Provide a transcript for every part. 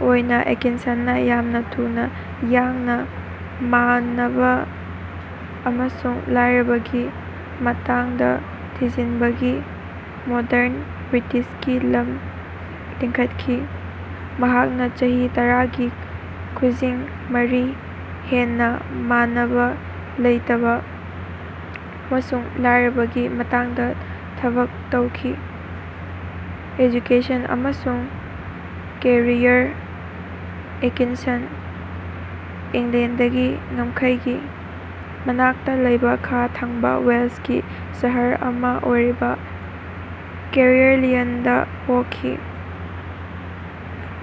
ꯑꯣꯏꯅꯥ ꯑꯦꯠꯀꯤꯟꯁꯟꯅꯥ ꯌꯥꯝꯅꯥ ꯊꯨꯅ ꯌꯥꯡꯅꯥ ꯃꯥꯟꯅꯕ ꯑꯃꯁꯨꯡ ꯂꯥꯏꯔꯕꯒꯤ ꯃꯇꯥꯡꯗ ꯊꯤꯖꯤꯟꯕꯒꯤ ꯃꯣꯗꯔꯟ ꯕ꯭ꯔꯤꯇꯤꯁꯀꯤ ꯂꯝ ꯂꯤꯡꯈꯠꯈꯤ꯫ ꯃꯍꯥꯛꯅꯥ ꯆꯍꯤ ꯇꯔꯥꯒꯤ ꯈꯨꯖꯤꯡ ꯃꯔꯤ ꯍꯦꯟꯅꯥ ꯃꯥꯟꯅꯕꯥ ꯂꯩꯇꯕꯥ ꯑꯃꯁꯨꯡ ꯂꯥꯏꯔꯕꯒꯤ ꯃꯇꯥꯡꯗꯥ ꯊꯕꯛ ꯇꯧꯈꯤ꯫ ꯑꯦꯖꯨꯀꯦꯁꯟ ꯑꯃꯁꯨꯡ ꯀꯦꯔꯤꯌꯔ ꯑꯦꯠꯀꯤꯟꯁꯟ ꯏꯪꯂꯦꯟꯗꯒꯤ ꯉꯝꯈꯩꯒꯤ ꯃꯅꯥꯛꯇ ꯂꯩꯕꯥ ꯈꯥ ꯊꯪꯕꯥ ꯋꯦꯜꯁꯀꯤ ꯁꯍꯔ ꯑꯃꯥ ꯑꯣꯏꯔꯤꯕ ꯀꯦꯌꯔꯂꯤꯌꯟꯗꯥ ꯄꯣꯛꯈꯤ꯫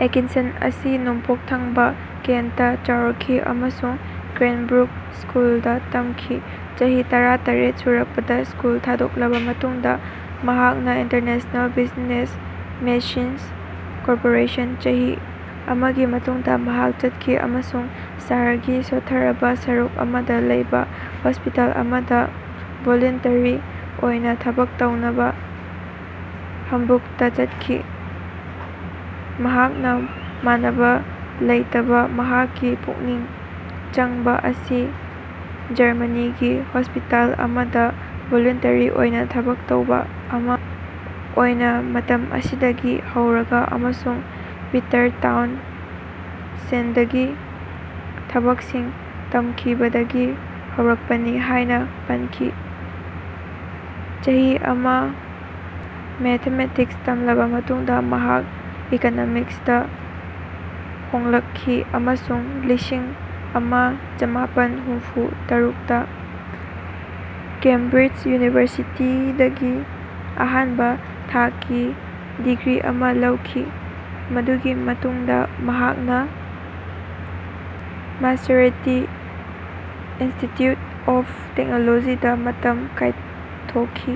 ꯑꯦꯠꯀꯤꯟꯁꯟ ꯑꯁꯤ ꯅꯣꯡꯄꯣꯛ ꯊꯪꯕꯥ ꯀꯦꯟꯠꯇꯥ ꯆꯥꯎꯔꯛꯈꯤ ꯑꯃꯁꯨꯡ ꯀ꯭ꯔꯦꯟꯕ꯭ꯔꯨꯛ ꯁ꯭ꯀꯨꯜꯗꯥ ꯇꯝꯈꯤ꯫ ꯆꯍꯤ ꯇꯔꯥ ꯇꯔꯦꯠ ꯁꯨꯔꯛꯄꯗꯥ ꯁ꯭ꯀꯨꯜ ꯊꯥꯗꯣꯛꯂꯕ ꯃꯇꯨꯡꯗ ꯃꯍꯥꯛꯅꯥ ꯏꯟꯇꯔꯅꯦꯁꯟꯅꯦꯜ ꯕꯤꯖꯤꯅꯦꯁ ꯃꯦꯆꯤꯟꯁ ꯀꯣꯔꯄꯣꯔꯦꯁꯟ ꯆꯍꯤ ꯑꯃꯒꯤ ꯃꯇꯨꯡꯗ ꯃꯍꯥꯛ ꯆꯠꯈꯤ ꯑꯃꯁꯨꯡ ꯁꯍꯔꯒꯤ ꯁꯣꯠꯊꯔꯕ ꯁꯔꯨꯛ ꯑꯃꯗꯥ ꯂꯩꯕꯥ ꯍꯣꯁꯄꯤꯇꯥꯜ ꯑꯃꯗꯥ ꯚꯣꯂꯨꯟꯇꯔꯤ ꯑꯣꯏꯅꯥ ꯊꯕꯛ ꯇꯧꯅꯕꯥ ꯍꯝꯕꯨꯛꯇꯥ ꯆꯠꯈꯤ꯫ ꯃꯍꯥꯛꯅꯥ ꯃꯥꯟꯅꯕꯥ ꯂꯩꯇꯕꯗꯥ ꯃꯍꯥꯛꯀꯤ ꯄꯨꯛꯅꯤꯡ ꯆꯪꯕ ꯑꯁꯤ ꯖꯔꯃꯅꯤꯒꯤ ꯍꯣꯁꯄꯤꯇꯥꯜ ꯑꯃꯗꯥ ꯚꯣꯂꯨꯟꯇꯔꯤ ꯑꯣꯏꯅꯥ ꯊꯕꯛ ꯇꯧꯕ ꯑꯃꯥ ꯑꯣꯏꯅꯥ ꯃꯇꯝ ꯑꯁꯤꯗꯒꯤ ꯍꯧꯔꯒꯥ ꯑꯃꯁꯨꯡ ꯄꯤꯇꯔ ꯇꯥꯎꯟꯁꯦꯟꯗꯒꯤ ꯊꯕꯛꯁꯤꯡ ꯇꯝꯈꯤꯕꯗꯒꯤ ꯍꯧꯔꯛꯄꯅꯤ ꯍꯥꯏꯅꯥ ꯄꯟꯈꯤ꯫ ꯆꯍꯤ ꯑꯃꯥ ꯃꯦꯊꯃꯦꯇꯤꯛꯁ ꯇꯝꯂꯕ ꯃꯇꯨꯡꯗ ꯃꯍꯥꯛ ꯏꯀꯣꯅꯣꯃꯤꯛꯁꯇꯥ ꯍꯣꯡꯂꯛꯈꯤ ꯑꯃꯁꯨꯡ ꯂꯤꯁꯤꯡ ꯑꯃ ꯆꯃꯥꯄꯟ ꯍꯨꯝꯐꯨ ꯇꯔꯨꯛꯇ ꯀꯦꯝꯕ꯭ꯔꯤꯖ ꯌꯨꯅꯤꯚꯔꯁꯤꯇꯤꯗꯒꯤ ꯑꯍꯥꯟꯕꯥ ꯊꯥꯛꯀꯤ ꯗꯤꯒ꯭ꯔꯤ ꯑꯃꯥ ꯂꯧꯈꯤ꯫ ꯃꯗꯨꯒꯤ ꯃꯇꯨꯡꯗ ꯃꯍꯥꯛꯅꯥ ꯃꯥꯁꯆꯦꯔꯤꯇꯤ ꯏꯟꯁꯇꯤꯇ꯭ꯌꯨꯠ ꯑꯣꯐ ꯇꯦꯛꯅꯣꯂꯣꯖꯤꯗꯥ ꯃꯇꯝ ꯀꯥꯏꯊꯣꯛꯈꯤ꯫